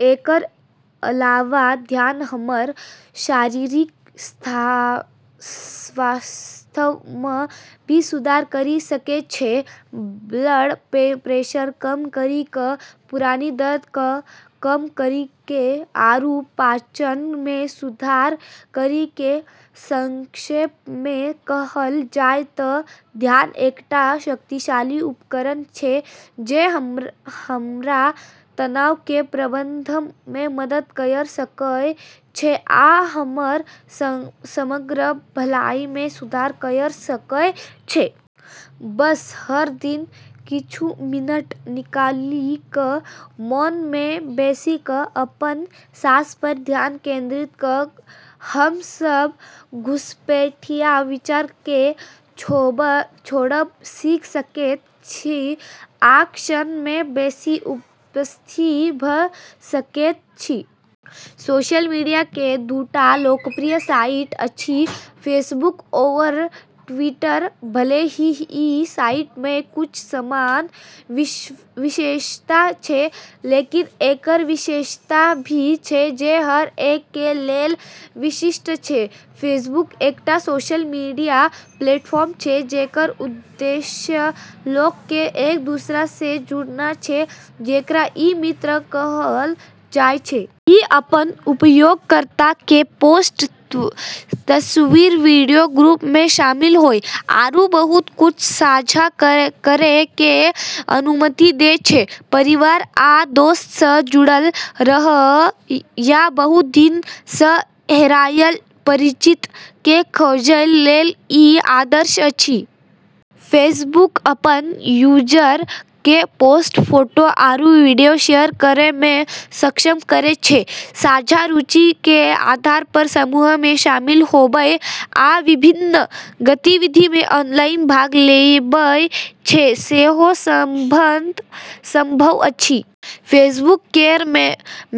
एकरऽ अलावा ध्यान हमरऽ शारीरिक स्वास्थ्य म॑ भी सुधार करी सकै छै, ब्लड प्रेशर कम करी क॑, पुरानी दर्द क॑ कम करी क॑, आरू पाचन म॑ सुधार करी क॑। संक्षेप मे कहल जाय त ध्यान एकटा शक्तिशाली उपकरण छै जे हमरा तनाव कें प्रबंधन मे मदद कयर सकय छै आ हमर समग्र भलाई मे सुधार कयर सकय छै. बस हर दिन किछु मिनट निकालि क' मौन मे बैसि क' अपन साँस पर ध्यान केंद्रित क' क' हम सभ घुसपैठिया विचार केँ छोड़ब सीख सकैत छी आ क्षण मे बेसी उपस्थित भ' सकैत छी. सोशल मीडिया के दूटा लोकप्रिय साइट अछि फेसबुक आओर ट्विटर. भले ही ई साइटऽ म॑ कुछ समान विशेषता छै, लेकिन एकरऽ विशेषता भी छै जे हर एक के लेलऽ विशिष्ट छै। फेसबुक एकटा सोशल मीडिया प्लेटफॉर्म छै जेकरऽ उद्देश्य लोगऽ क॑ एक-दूसरा स॑ जोड़ना छै, जेकरा क॑ "मित्र" कहलऽ जाय छै। ई अपनऽ उपयोगकर्ता क॑ पोस्ट, तस्वीर, वीडियो, ग्रुप म॑ शामिल होय, आरू बहुत कुछ साझा करै के अनुमति दै छै। परिवार आ दोस्त सं जुड़ल रहय या बहुत दिन सं हेरायल परिचित के खोजय लेल ई आदर्श अछि. फेसबुक अपनऽ यूजर क॑ पोस्ट, फोटो, आरू वीडियो शेयर करै म॑ सक्षम करै छै। साझा रुचि के आधार पर समूह में शामिल होबय आ विभिन्न गतिविधि में ऑनलाइन भाग लेबय के सेहो संभव अछि. फेसबुक केरऽ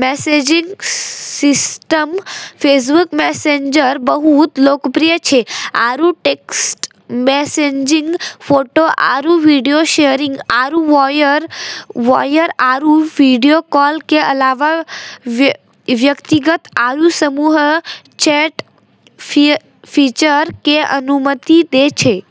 मैसेजिंग सिस्टम, फेसबुक मैसेंजर, बहुत लोकप्रिय छै आरू टेक्स्ट मैसेजिंग, फोटो आरू वीडियो शेयरिंग, आरू वॉयस आरू वीडियो कॉल के अलावा व्यक्तिगत आरू समूह चैट-फीचर के अनुमति दै छै।